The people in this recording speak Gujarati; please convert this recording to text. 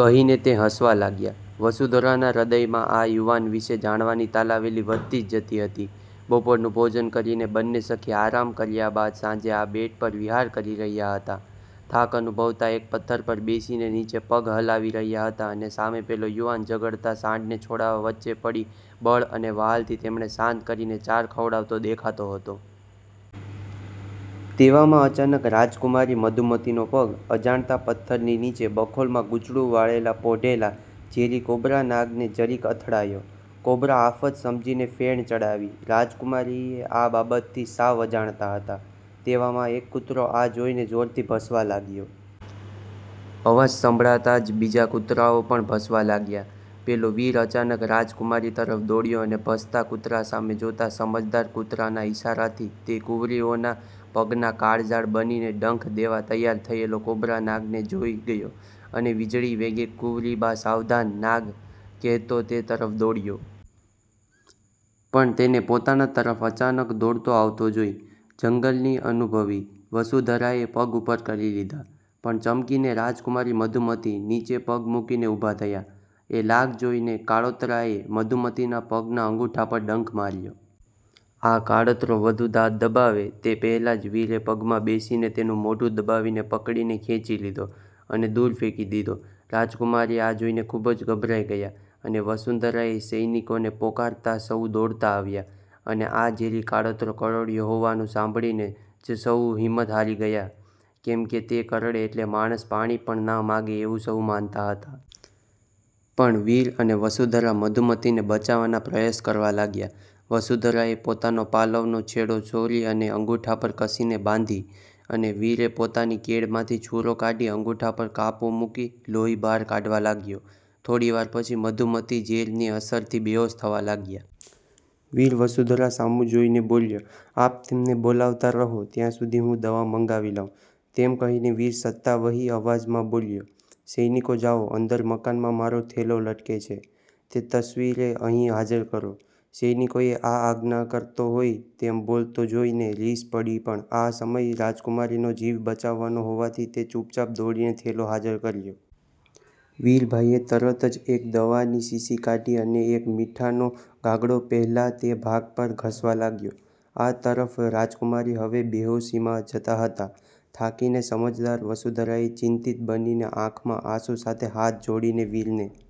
કહીને તે હસવા લાગ્યાં. વસુંધરાનાં હ્નદયમાં આ યુવાન વિશે જાણવાની તાલાવેલી વધતી જ જતી હતી. બપોરનું ભોજન કરીને બંને સખી આરામ કર્યા બાદ સાંજે આ બેટ પર વિહાર કરી રહ્યાં હતાં. થાક અનુભવતાં એક પથ્થર પર બેસીને નીચે પગ હલાવી રહ્યાં હતાં અને સામે પેલો યુવાન ઝગડતાં સાંઢને છોડાવા વચ્ચે પડી બળ અને વ્હાલથી તેમણે શાંત કરીને ચાર ખવડાવતો દેખાતો હતો. તેવામાં અચાનક રાજકુમારી મધુમતીનો પગ અજાણતાં જ પથ્થરની નીચે બખોલમાં ગુંચળું વાળીને પોઢેલા ઝેરી કોબ્રા નાગને જરીક અથડાયો. કોબ્રા આફત સમજીને ફેણ ચડાવી. રાજકુમારી આ બાબતથી સાવ અજાણ હતાં. તેવામાં એક કૂતરો આ જોઈને જોરથી ભસવા લાગ્યો. અવાજ સાંભળતાં જ બીજા કુતરાંઓ પણ ભસવા લાગ્યાં. પેલો વીર અચાનક રાજકુમારી તરફ દોડ્યો અને ભસતાં કુતરાં સામે જોતાં સમજદાર કુતરાના ઇશારાથી તે કુંવરીઓના પગમાં કાળઝાળ બનીને ડંખ દેવા તૈયાર થયેલો કોબ્રા નાગને જોઈ ગયો અને વીજળી વેગે "કુંવરીબા સાવધાન, નાગ" કહેતો તે તરફ દોડ્યો. પણ તેને પોતાનાં તરફ અચાનક દોડતો આવતો જોઈ જંગલની અનુભવી વસુંધરાએ પગ ઉપર લઈ લીધા પણ ચમકીને રાજકુમારી મધુમતી નીચે પગ મૂકીને ઊભાં થયાં. એ લાગ જોઈને એ કાળોતરાએ મધુમતીનાં પગનાં અંગુઠા પર ડંખ માર્યો. આ કાળોતરો વઘુ દાંત દબાવે તે પહેલાં જ વીર પગમાં બેસીને તેનું મોઢું દબાવીને પકડીને ખેંચી લીધો અને દુર ફેંકી દીધો. રાજકુમારી આ જોઈને ખુબ જ ગભરાઈ ગયાં અને વસુંધરાએ સૈનિકોને પોકારતાં સહુ દોડતાં આવ્યાં, અને આ ઝેરી કાળોતરો કરડ્યો હોવાનું સાંભળીને જ સહુ હિંમત હારી ગયાં, કેમ કે તે કરડે એટલે માણસ પાણી પણ ન માંગે એવું સહુ માનતા હતાં. પણ વીર અને વસુંધરા મધુમતીને બચાવવાં પ્રયાસ કરવા લાગ્યાં. વસુંધરાએ પોતાનો પાલવનો છેડો ચીરીને અંગુઠા પર કસીને બાંધી અને વીરે પોતાની કેડમાંથી છૂરો કાઢી અંગુઠા પર કાપો મૂકી લોહી બહાર કાઢવાં લાગ્યો. થોડીવાર પછી મધુમતી ઝેરની અસરથી બેહોશ થવાં લાગ્યાં. વીર વસુંધરા સામું જોઈને બોલ્યો,"આપ તેમને બોલાવતાં રહો, ત્યાં સુધી હું દવા મંગાવી દઉ" તેમ કહીને વીર સત્તાવહી અવાજમાં બોલ્યો,"સૈનિકો જાવો અંદર મકાનમાં મારો થેલો લટકે છે, તે સત્વરે અહીં હાજર કરો." સૈનિકોને આ આજ્ઞા કરતો હોય તેમ બોલતો જોઈને રીસ ચડી પણ આ સમય રાજકુમારીનો જીવ બચાવવાનો હોવાથી તે ચુપચાપ દોડીને થેલો હાજર કર્યોં. વીરભાઈએ તરત જ એક દવાની શીશી કાઢી અને એક મીઠાનો ગાંગડો પહેલાં તે ભાગ પર ઘસવાં લાગ્યો. આ તરફ રાજકુમારી હવે બેહોશીમાં જતાં હતાં. થાકીને સમજદાર વસુંધરાએ ચિંતિત બનીને આંખમાં આંસું સાથે હાથ જોડીને વીરને